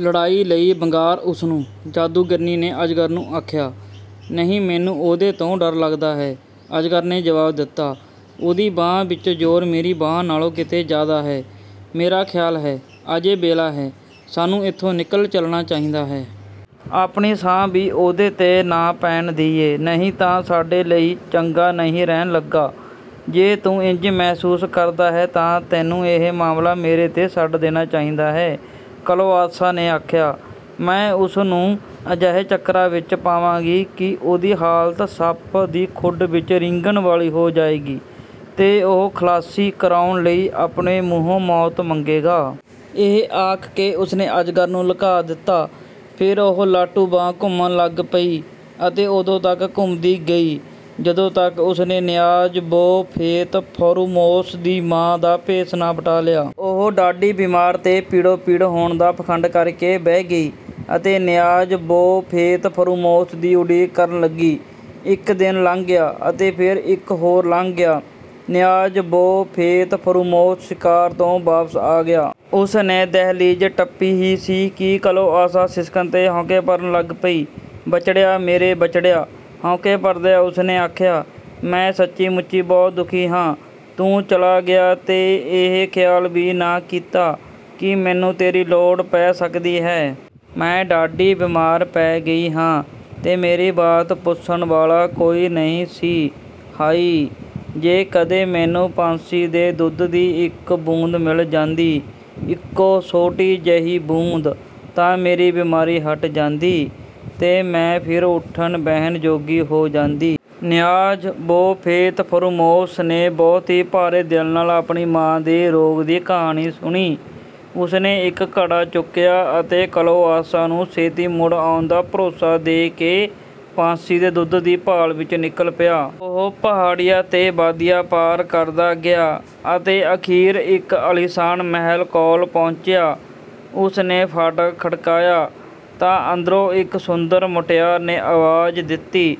"ਲੜਾਈ ਲਈ ਵੰਗਾਰ ਉਸ ਨੂੰ!" ਜਾਦੂਗਰਨੀ ਨੇ ਅਜਗਰ ਨੂੰ ਆਖਿਆ। "ਨਹੀਂ, ਮੈਨੂੰ ਉਹਦੇ ਤੋਂ ਡਰ ਲੱਗਦਾ ਹੈ," ਅਜਗਰ ਨੇ ਜਵਾਬ ਦਿੱਤਾ, "ਉਹਦੀ ਬਾਂਹ ਵਿੱਚ ਜ਼ੋਰ ਮੇਰੀ ਬਾਂਹ ਨਾਲੋਂ ਕਿਤੇ ਜ਼ਿਆਦਾ ਹੈ। ਮੇਰਾ ਖ਼ਿਆਲ ਹੈ, ਅਜੇ ਵੇਲਾ ਹੈ, ਸਾਨੂੰ ਇੱਥੋਂ ਨਿਕਲ ਚੱਲਣਾ ਚਾਹੀਦਾ ਹੈ। ਆਪਣੀ ਛਾਂ ਵੀ ਉਹਦੇ 'ਤੇ ਨਾ ਪੈਣ ਦਈਏ, ਨਹੀਂ ਤਾਂ ਸਾਡੇ ਲਈ ਚੰਗਾ ਨਹੀਂ ਰਹਿਣ ਲੱਗਾ।" "ਜੇ ਤੂੰ ਇੰਜ ਮਹਿਸੂਸ ਕਰਦਾ ਹੈਂ, ਤਾਂ ਤੈਨੂੰ ਇਹ ਮਾਮਲਾ ਮੇਰੇ 'ਤੇ ਛੱਡ ਦੇਣਾ ਚਾਹੀਦਾ ਹੈ," ਕਲੋਆਂਤਸਾ ਨੇ ਆਖਿਆ, "ਮੈਂ ਉਸ ਨੂੰ ਅਜਿਹੇ ਚੱਕਰਾਂ ਵਿੱਚ ਪਾਵਾਂਗੀ ਕਿ ਉਹਦੀ ਹਾਲਤ ਸੱਪ ਦੀ ਖੁੱਡ ਵਿੱਚ ਰੀਂਗਣ ਵਾਲੀ ਹੋ ਜਾਏਗੀ, ਤੇ ਉਹ ਖ਼ਲਾਸੀ ਕਰਾਉਣ ਲਈ ਆਪਣੇ ਮੂੰਹੋਂ ਮੌਤ ਮੰਗੇਗਾ!" ਇਹ ਆਖ ਕੇ ਉਸ ਨੇ ਅਜਗਰ ਨੂੰ ਲੁਕਾ ਦਿੱਤਾ। ਫਿਰ ਉਹ ਲਾਟੂ ਵਾਂਗ ਘੁੰਮਣ ਲੱਗ ਪਈ ਅਤੇ ਉਦੋਂ ਤੱਕ ਘੁੰਮਦੀ ਗਈ, ਜਦੋਂ ਤੱਕ ਉਸ ਨੇ ਨਿਆਜ਼-ਬੋ ਫ਼ੇਤ-ਫ਼ਰੂਮੋਸ ਦੀ ਮਾਂ ਦਾ ਭੇਸ ਨਾ ਵਟਾ ਲਿਆ। ਉਹ ਡਾਢੀ ਬੀਮਾਰ ਤੇ ਪੀੜੋ-ਪੀੜ ਹੋਣ ਦਾ ਪਾਖੰਡ ਕਰ ਕੇ ਬਹਿ ਗਈ ਅਤੇ ਨਿਆਜ਼-ਬੋ ਫ਼ੇਤ-ਫ਼ਰੂਮੋਸ ਦੀ ਉਡੀਕ ਕਰਨ ਲੱਗੀ। ਇੱਕ ਦਿਨ ਲੰਘ ਗਿਆ ਤੇ ਫਿਰ ਇੱਕ ਹੋਰ ਲੰਘ ਗਿਆ। ਨਿਆਜ਼-ਬੋ ਫ਼ੇਤ-ਫ਼ਰੂਮੋਸ ਸ਼ਿਕਾਰ ਤੋਂ ਵਾਪਸ ਆ ਗਿਆ। ਉਸ ਨੇ ਦਹਿਲੀਜ਼ ਟੱਪੀ ਹੀ ਸੀ ਕਿ ਕਲੋਆਂਤਸਾ ਸਿਸਕਣ ਤੇ ਹਉਕੇ ਭਰਨ ਲੱਗ ਪਈ। "ਬੱਚੜਿਆ, ਮੇਰੇ ਬੱਚੜਿਆ!" ਹਉਕੇ ਭਰਦਿਆਂ ਉਸ ਨੇ ਆਖਿਆ, "ਮੈਂ ਸੱਚੀ-ਮੁੱਚੀ ਬਹੁਤ ਦੁਖੀ ਹਾਂ। ਤੂੰ ਚਲਾ ਗਿਆ ਤੇ ਇਹ ਖ਼ਿਆਲ ਵੀ ਨਾ ਕੀਤਾ ਕਿ ਮੈਨੂੰ ਤੇਰੀ ਲੋੜ ਪੈ ਸਕਦੀ ਹੈ। ਮੈਂ ਡਾਢੀ ਬੀਮਾਰ ਪੈ ਗਈ ਹਾਂ ਤੇ ਮੇਰੀ ਵਾਤ ਪੁੱਛਣ ਵਾਲਾ ਕੋਈ ਨਹੀਂ ਸੀ। ਹਾਇ! ਜੇ ਕਦੇ ਮੈਨੂੰ ਪੰਛੀ ਦੇ ਦੁੱਧ ਦੀ ਇੱਕ ਬੂੰਦ ਮਿਲ ਜਾਂਦੀ, ਇੱਕੋ ਛੋਟੀ ਜਿਹੀ ਬੂੰਦ... ਤਾਂ ਮੇਰੀ ਬੀਮਾਰੀ ਹਟ ਜਾਂਦੀ ਤੇ ਮੈਂ ਫਿਰ ਉੱਠਣ-ਬਹਿਣ ਜੋਗੀ ਹੋ ਜਾਂਦੀ।" ਨਿਆਜ਼-ਬੋ ਫ਼ੇਤ-ਫ਼ਰੂਮੋਸ ਨੇ ਬਹੁਤ ਹੀ ਭਾਰੇ ਦਿਲ ਨਾਲ ਆਪਣੀ ਮਾਂ ਦੇ ਰੋਗ ਦੀ ਕਹਾਣੀ ਸੁਣੀ। ਉਸ ਨੇ ਇੱਕ ਘੜਾ ਚੁੱਕਿਆ ਅਤੇ ਕਲੋਆਂਤਸਾ ਨੂੰ ਛੇਤੀ ਮੁੜ ਆਉਣ ਦਾ ਭਰੋਸਾ ਦੇ ਕੇ ਪੰਛੀ ਦੇ ਦੁੱਧ ਦੀ ਭਾਲ ਵਿੱਚ ਨਿਕਲ ਪਿਆ। ਉਹ ਪਹਾੜੀਆਂ ਤੇ ਵਾਦੀਆਂ ਪਾਰ ਕਰਦਾ ਗਿਆ ਅਤੇ ਅਖ਼ੀਰ ਇੱਕ ਆਲੀਸ਼ਾਨ ਮਹਿਲ ਕੋਲ ਪਹੁੰਚਿਆ। ਉਸ ਨੇ ਫਾਟਕ ਖੜਕਾਇਆ, ਤਾਂ ਅੰਦਰੋਂ ਇੱਕ ਸੁੰਦਰ ਮੁਟਿਆਰ ਨੇ ਆਵਾਜ਼ ਦਿੱਤੀ: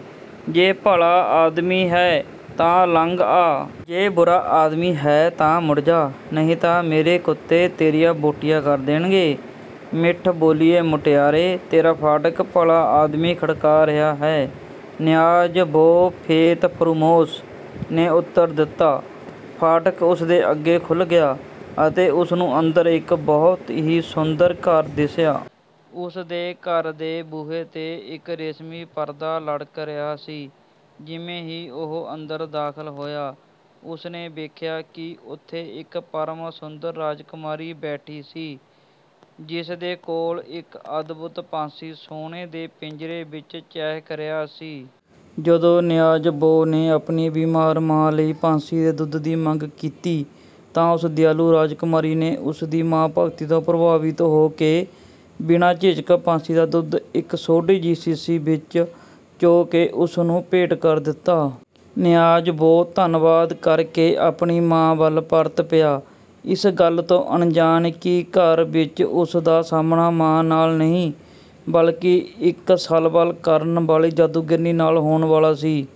"ਜੇ ਭਲਾ ਆਦਮੀ ਹੈਂ, ਤਾਂ ਲੰਘ ਆ। ਜੇ ਬੁਰਾ ਆਦਮੀ ਹੈਂ, ਤਾਂ ਮੁੜ ਜਾ, ਨਹੀਂ ਤਾਂ ਮੇਰੇ ਕੁੱਤੇ ਤੇਰੀਆਂ ਬੋਟੀਆਂ ਕਰ ਦੇਣਗੇ!" "ਮਿੱਠ-ਬੋਲੀਏ ਮੁਟਿਆਰੇ, ਤੇਰਾ ਫਾਟਕ ਭਲਾ ਆਦਮੀ ਖੜਕਾ ਰਿਹਾ ਹੈ," ਨਿਆਜ਼-ਬੋ ਫ਼ੇਤ-ਫ਼ਰੂਮੋਸ ਨੇ ਉੱਤਰ ਦਿੱਤਾ। ਫਾਟਕ ਉਸ ਦੇ ਅੱਗੇ ਖੁੱਲ੍ਹ ਗਿਆ ਅਤੇ ਉਸ ਨੂੰ ਅੰਦਰ ਇੱਕ ਬਹੁਤ ਹੀ ਸੁੰਦਰ ਘਰ ਦਿਸਿਆ। ਉਸ ਘਰ ਦੇ ਬੂਹੇ 'ਤੇ ਇੱਕ ਰੇਸ਼ਮੀ ਪਰਦਾ ਲਟਕ ਰਿਹਾ ਸੀ। ਜਿਵੇਂ ਹੀ ਉਹ ਅੰਦਰ ਦਾਖ਼ਲ ਹੋਇਆ, ਉਸ ਨੇ ਵੇਖਿਆ ਕਿ ਉੱਥੇ ਇੱਕ ਪਰਮ-ਸੁੰਦਰ ਰਾਜਕੁਮਾਰੀ ਬੈਠੀ ਸੀ, ਜਿਸ ਦੇ ਕੋਲ ਇੱਕ ਅਦਭੁਤ ਪੰਛੀ ਸੋਨੇ ਦੇ ਪਿੰਜਰੇ ਵਿੱਚ ਚਹਿਕ ਰਿਹਾ ਸੀ। ਜਦੋਂ ਨਿਆਜ਼-ਬੋ ਨੇ ਆਪਣੀ ਬੀਮਾਰ ਮਾਂ ਲਈ ਪੰਛੀ ਦੇ ਦੁੱਧ ਦੀ ਮੰਗ ਕੀਤੀ, ਤਾਂ ਉਸ ਦਿਆਲੂ ਰਾਜਕੁਮਾਰੀ ਨੇ ਉਸ ਦੀ ਮਾਂ ਭਗਤੀ ਤੋਂ ਪ੍ਰਭਾਵਿਤ ਹੋ ਕੇ ਬਿਨਾਂ ਝਿਜਕ ਪੰਛੀ ਦਾ ਦੁੱਧ ਇੱਕ ਛੋਟੀ ਜਿਹੀ ਸੀਸ਼ੀ ਵਿੱਚ ਚੋ ਕੇ ਉਸ ਨੂੰ ਭੇਂਟ ਕਰ ਦਿੱਤਾ। ਨਿਆਜ਼-ਬੋ ਧੰਨਵਾਦ ਕਰ ਕੇ ਆਪਣੀ ਮਾਂ ਵੱਲ ਪਰਤ ਪਿਆ, ਇਸ ਗੱਲ ਤੋਂ ਅਣਜਾਣ ਕਿ ਘਰ ਵਿੱਚ ਉਸ ਦਾ ਸਾਹਮਣਾ ਮਾਂ ਨਾਲ ਨਹੀਂ, ਬਲਕਿ ਇੱਕ ਛੱਲਬਲ ਕਰਨ ਵਾਲੀ ਜਾਦੂਗਰਨੀ ਨਾਲ ਹੋਣ ਵਾਲਾ ਸੀ।